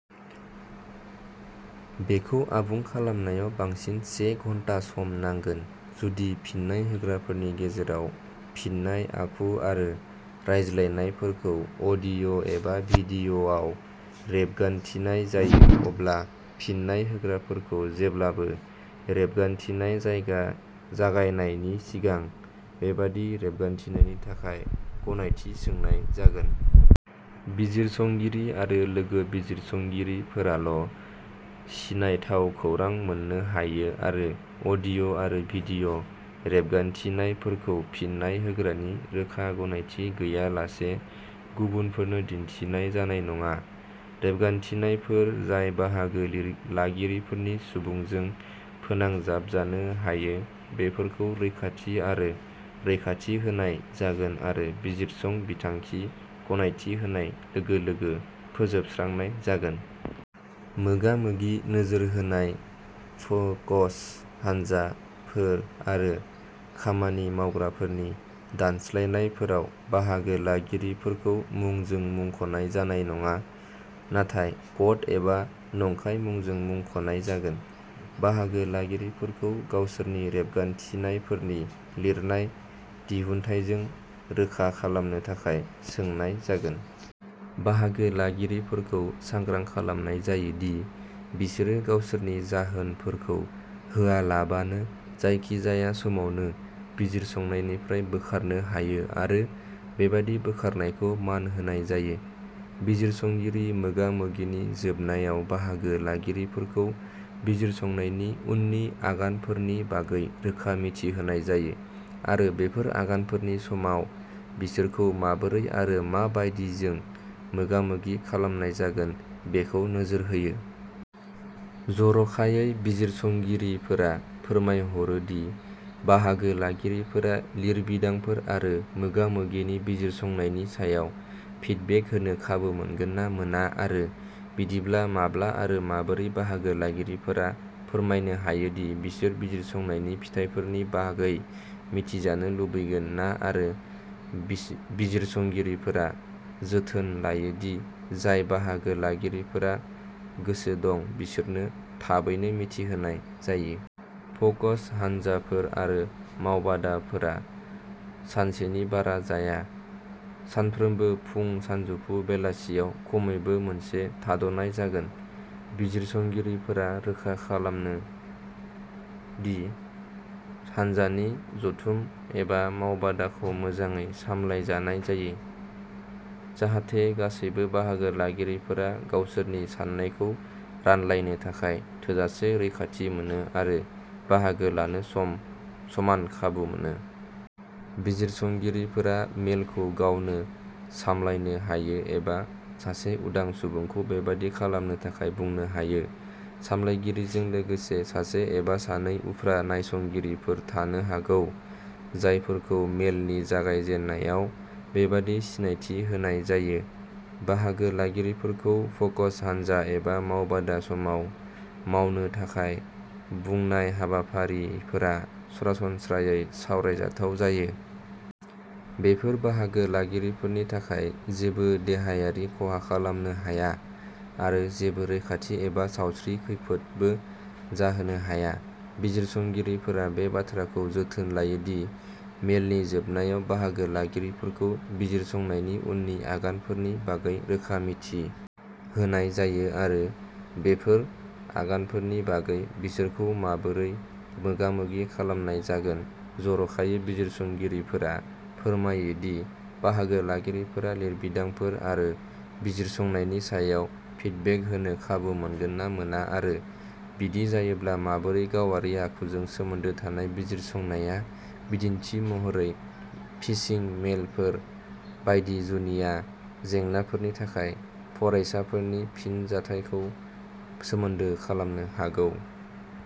बेखौ आबुं खालामनायाव बांसिन से घन्टा सम नांगोन। जुदि फिन्नाय होग्राफोरनि गेजेराव फिननाय आखु आरो रायज्लायनायफोरखौ अडिअ एबा भिडियआव रेबगान्थिनाय जायो अब्ला फिन्नाय होग्राफोरखौ जेब्लाबो रेबगान्थिनाय जायगा जागायनायनि सिगां बेबादि रेबगान्थिनायनि थाखाय गनायथि सोंनाय जागोन। बिजिरसंगिरि आरो लोगो बिजिरसंगिरिफोराल सिनायथाव खौरां मोननो हायो आरो अडिअ आरो भिडिय रेबगान्थिनायफोरखौ फिन्नाय होग्रानि रोखा गनायथि गैयालासे गुबुनफोरनो दिन्थिनाय जानाय नङा। रेबगान्थिनायफोर जाय बाहागो लागिरिफोरनि सुबुंजों फोनांजाबजानो हायो बेफोरखौ रैखाथि आरो रैखाथि होनाय जागोन आरो बिजिरसं बिथांखि गनायथि होनाय लोगो लोगो फोजोबस्रांनाय जागोन। मोगा मोगि नोजोर होनाय फोकस हानजाफोर आरो खामानि मावग्राफोरनि दानस्लायनायफोराव बाहागो लागिरिफोरखौ मुंजों मुंखनाय जानाय नङा। नाथाय कड एबा नंखाय मुंजों मुंखनाय जागोन। बाहागो लागिरिफोरखौ गावसोरनि रेबगान्थिनायफोरनि लिरनाय दिहुनथायजों रोखा खालामनो थाखाय सोंनाय जागोन। बाहागो लागिरिफोरखौ सांग्रां खालामनाय जायो दि बिसोरो गावसोरनि जाहोनफोरखौ होआलाबानो जायखिजाया समावनो बिजिरसंनायनिफ्राय बोखारनो हायो आरो बेबादि बोखारनायखौ मान होनाय जायो। बिजिरसंगिरि मोगा मोगिनि जोबनायाव बाहागो लागिरिफोरखौ बिजिरसंनायनि उननि आगानफोरनि बागै रोखा मिथि होनाय जायो आरो बेफोर आगानफोरनि समाव बिसोरखौ माबोरै आरो मा बायदिजों मोगामोगि खालामनाय जागोन बेखौ नोजोर होयो। जरखायै बिजिरसंगिरिफोरा फोरमायहरो दि बाहागो लागिरिफोरा लिरबिदांफोर आरो मोगा मोगिनि बिजिरसंनायनि सायाव फिडबेक होनो खाबु मोनगोन ना मोना आरो बिदिब्ला माब्ला आरो माबोरै बाहागो लागिरिफोरा फोरमायनो हायो दि बिसोर बिजिरसंनायनि फिथायफोरनि बागै मिथिजानो लुबैगोन ना आरो बिजिरसंगिरिफोरा जोथोन लायो दि जाय बाहागो लागिरिफोरा गोसो दं बिसोरनो थाबैनो मिथि होनाय जायो। फोकस हान्जाफोर आरो मावबादाफोरा सानसेनि बारा जाया। सानफ्रोमबो फुं सानजौफु बेलासियाव खमैबो मोनसे थाद'नाय जागोन। बिजिरसंगिरिफोरा रोखा खालामो दि हान्जानि जथुम एबा मावबादाखौ मोजाङै सामलायजानाय जायो। जाहाथे गासैबो बाहागो लागिरिफोरा गावसोरनि सान्नायखौ रानलायनो थाखाय थोजासे रैखाथि मोनो आरो बाहागो लानो समान खाबु मोनो। बिजिरसंगिरिफोरा मेलखौ गावनो सामलायनो हायो एबा सासे उदां सुबुंखौ बेबादि खालामनो थाखाय बुंनो हायो। सामलायगिरिजों लोगोसे सासे एबा सानै उफ्रा नायसंगिरिफोर थानो हागौ। जायफोरखौ मेलनि जागायजेन्नायाव बेबादि सिनायथि होनाय जायो। बाहागो लागिरिफोरखौ फोकस हानजा एबा मावबादा समाव मावनो थाखाय बुंनाय हाबाफारिफोरा सरासनस्रायै सावरायजाथाव जायो। बेफोर बाहागो लागिरिफोरनि थाखाय जेबो देहायारि खहा खालामनो हाया आरो जेबो रैखाथि एबा सावस्रि खैफोदबो जाहोनो हाया। बिजिरसंगिरिफोरा बे बाथ्राखौ जोथोन लायो दि मेलनि जोबनायाव बाहागो लागिरिफोरखौ बिजिरसंनायनि उननि आगानफोरनि बागै रोखा मिथि होनाय जायो आरो बेफोर आगानफोरनि बागै बिसोरखौ माबोरै मोगामोगि खालामनाय जागोन जरखायै बिजिरसंगिरिफोरा फोरमायो दि बाहागो लागिरिफोरा लिरबिदांफोर आरो बिजिरसंनायनि सायाव फिडबेक होनो खाबु मोनगोन ना मोना आरो बिदि जायोब्ला माबोरै गावारि आखुजों सोमोन्दो थानाय बिजिरसंनाया बिदिन्थि महरै फिशिं मेलफोर बायदि जुनिया जेंनाफोरनि थाखाय फरायसाफोरनि फिनजाथायखौ सोमोनदो खालामनो हागौ।